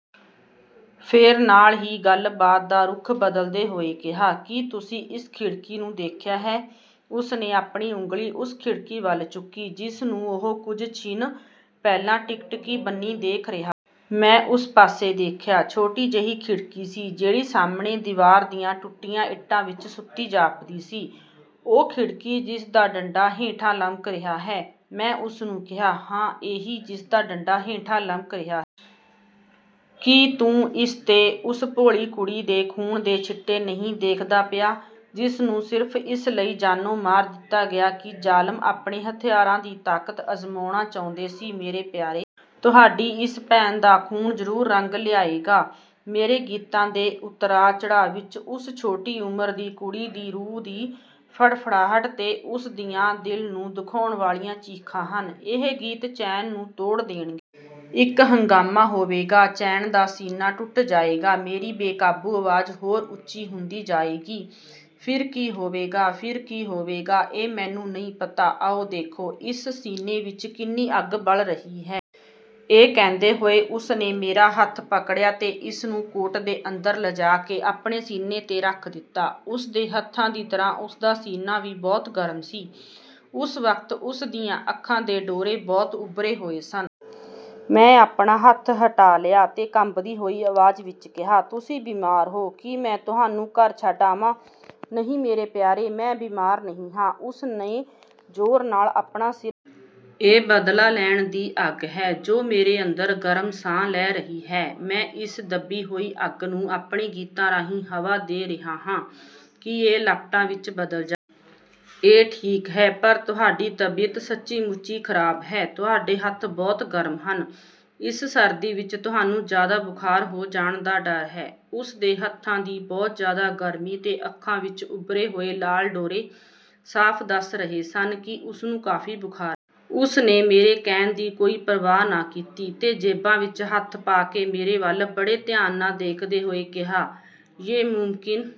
ਫੇਰ ਨਾਲ ਹੀ ਗੱਲਬਾਤ ਦਾ ਰੁਖ਼ ਬਦਲਦੇ ਹੋਏ ਕਿਹਾ, ਕੀ ਤੁਸੀਂ ਇਸ ਖਿੜਕੀ ਨੂੰ ਦੇਖਿਆ ਹੈ? ਉਸ ਨੇ ਆਪਣੀ ਉਂਗਲੀ ਉਸ ਖਿੜਕੀ ਵੱਲ ਚੁੱਕੀ ਜਿਸਨੂੰ ਉਹ ਕੁਝ ਛਿਣ ਪਹਿਲਾਂ ਟਿਕਟਿਕੀ ਬੰਨ੍ਹੀ ਦੇਖ ਰਿਹਾ ਮੈਂ ਓਸ ਪਾਸੇ ਦੇਖਿਆ। ਛੋਟੀ ਜਿਹੀ ਖਿੜਕੀ ਸੀ ਜਿਹੜੀ ਸਾਹਮਣੇ ਦੀਵਾਰ ਦੀਆਂ ਟੁੱਟੀਆਂ ਇੱਟਾਂ ਵਿਚ ਸੁੱਤੀ ਜਾਪਦੀ ਸੀ। ਓਹ ਖਿੜਕੀ ਜਿਸਦਾ ਡੰਡਾ ਹੇਠਾਂ ਲਮਕ ਰਿਹਾ ਹੈ? ਮੈਂ ਉਸ ਨੂੰ ਕਿਹਾ। ਹਾਂ ਇਹੀ, ਜਿਸਦਾ ਡੰਡਾ ਹੇਠਾਂ ਲਮਕ ਰਿਹਾ ਕੀ ਤੂੰ ਇਸ ’ਤੇ ਉਸ ਭੋਲੀ ਕੁੜੀ ਦੇ ਖੂਨ ਦੇ ਛਿੱਟੇ ਨਹੀਂ ਦੇਖਦਾ ਪਿਆ, ਜਿਸਨੂੰ ਸਿਰਫ਼ ਇਸ ਲਈ ਜਾਨੋਂ ਮਾਰ ਦਿੱਤਾ ਗਿਆ ਕਿ ਜ਼ਾਲਮ ਆਪਣੇ ਹਥਿਆਰਾਂ ਦੀ ਤਾਕਤ ਅਜ਼ਮਾਉਣਾ ਚਾਹੁੰਦਾ ਸੀ, ਮੇਰੇ ਪਿਆਰੇ। ਤੁਹਾਡੀ ਇਸ ਭੈਣ ਦਾ ਖ਼ੂਨ ਜ਼ਰੂਰ ਰੰਗ ਲਿਆਏਗਾ। ਮੇਰੇ ਗੀਤਾਂ ਦੇ ਉਤਰਾਅ-ਚੜ੍ਹਾਅ ਵਿੱਚ ਉਸ ਛੋਟੀ ਉਮਰ ਦੀ ਕੁੜੀ ਦੀ ਰੂਹ ਦੀ ਫੜਫੜਾਹਟ ਤੇ ਉਸ ਦੀਆਂ ਦਿਲ ਨੂੰ ਦੁਖਾਉਣ ਵਾਲੀਆਂ ਚੀਖਾਂ ਹਨ। ਇਹ ਗੀਤ ਚੈਨ ਨੂੰ ਤੋੜ ਦੇਣ ਇੱਕ ਹੰਗਾਮਾ ਹੋਵੇਗਾ। ਚੈਨ ਦਾ ਸੀਨਾ ਟੁੱਟ ਜਾਏਗਾ। ਮੇਰੀ ਬੇਕਾਬੂ ਆਵਾਜ਼ ਹੋਰ ਉੱਚੀ ਹੁੰਦੀ ਜਾਏਗੀ। ਫਿਰ ਕੀ ਹੋਵੇਗਾ? ਫਿਰ ਕੀ ਹੋਵੇਗਾ? ਇਹ ਮੈਨੂੰ ਨਹੀਂ ਪਤਾ। ਆਓ, ਦੇਖੋ, ਇਸ ਸੀਨੇ ਵਿੱਚ ਕਿੰਨੀ ਅੱਗ ਬਲ ਰਹੀ ਹੈ। ਇਹ ਕਹਿੰਦੇ ਹੋਏ ਉਸ ਨੇ ਮੇਰਾ ਹੱਥ ਪਕੜਿਆ ਤੇ ਇਸਨੂੰ ਕੋਟ ਦੇ ਅੰਦਰ ਲਿਜਾ ਕੇ ਆਪਣੇ ਸੀਨੇ ’ਤੇ ਰੱਖ ਦਿੱਤਾ। ਉਸ ਦੇ ਹੱਥਾਂ ਦੀ ਤਰ੍ਹਾਂ ਉਸਦਾ ਸੀਨਾ ਵੀ ਬਹੁਤ ਗਰਮ ਸੀ। ਉਸ ਵਕਤ ਉਸ ਦੀਆਂ ਅੱਖਾਂ ਦੇ ਡੋਰੇ ਬਹੁਤ ਉੱਭਰੇ ਹੋਏ ਸਨ। ਮੈਂ ਆਪਣਾ ਹੱਥ ਹਟਾ ਲਿਆ ਤੇ ਕੰਬਦੀ ਹੋਈ ਆਵਾਜ਼ ਵਿੱਚ ਕਿਹਾ, ਤੁਸੀਂ ਬਿਮਾਰ ਹੋ। ਕੀ ਮੈਂ ਤੁਹਾਨੂੰ ਘਰ ਛੱਡ ਆਵਾਂ? ਨਹੀਂ ਮੇਰੇ ਪਿਆਰੇ, ਮੈਂ ਬਿਮਾਰ ਨਹੀਂ ਹਾਂ। ਉਸ ਨੇ ਜ਼ੋਰ ਨਾਲ ਆਪਣਾ ਸਿਰ ਇਹ ਬਦਲਾ ਲੈਣ ਦੀ ਅੱਗ ਹੈ ਜੋ ਮੇਰੇ ਅੰਦਰ ਗਰਮ ਸਾਹ ਲੈ ਰਹੀ ਹੈ। ਮੈਂ ਇਸ ਦੱਬੀ ਹੋਈ ਅੱਗ ਨੂੰ ਆਪਣੇ ਗੀਤਾਂ ਰਾਹੀਂ ਹਵਾ ਦੇ ਰਿਹਾ ਹਾਂ ਕਿ ਇਹ ਲਪਟਾਂ ਵਿੱਚ ਬਦਲ ਇਹ ਠੀਕ ਹੈ ਪਰ ਤੁਹਾਡੀ ਤਬੀਅਤ ਸੱਚੀਂ-ਮੁੱਚੀਂ ਖਰਾਬ ਹੈ। ਤੁਹਾਡੇ ਹੱਥ ਬਹੁਤ ਗਰਮ ਹਨ। ਇਸ ਸਰਦੀ ਵਿੱਚ ਤੁਹਾਨੂੰ ਜ਼ਿਆਦਾ ਬੁਖਾਰ ਹੋ ਜਾਣ ਦਾ ਡਰ ਹੈ। ਉਸ ਦੇ ਹੱਥਾਂ ਦੀ ਬਹੁਤ ਜ਼ਿਆਦਾ ਗਰਮੀ ਤੇ ਅੱਖਾਂ ਵਿੱਚ ਉੱਭਰੇ ਹੋਏ ਲਾਲ ਡੋਰੇ ਸਾਫ਼ ਦੱਸ ਰਹੇ ਸਨ ਕਿ ਉਸਨੂੰ ਕਾਫ਼ੀ ਬੁਖਾਰ ਉਸ ਨੇ ਮੇਰੇ ਕਹਿਣ ਦੀ ਕੋਈ ਪਰਵਾਹ ਨਾ ਕੀਤੀ ਤੇ ਜੇਬਾਂ ਵਿੱਚ ਹੱਥ ਪਾ ਕੇ ਮੇਰੇ ਵੱਲ ਬੜੇ ਧਿਆਨ ਨਾਲ ਦੇਖਦੇ ਹੋਏ ਕਿਹਾ, ਯੇ ਮੁਮਕਿਨ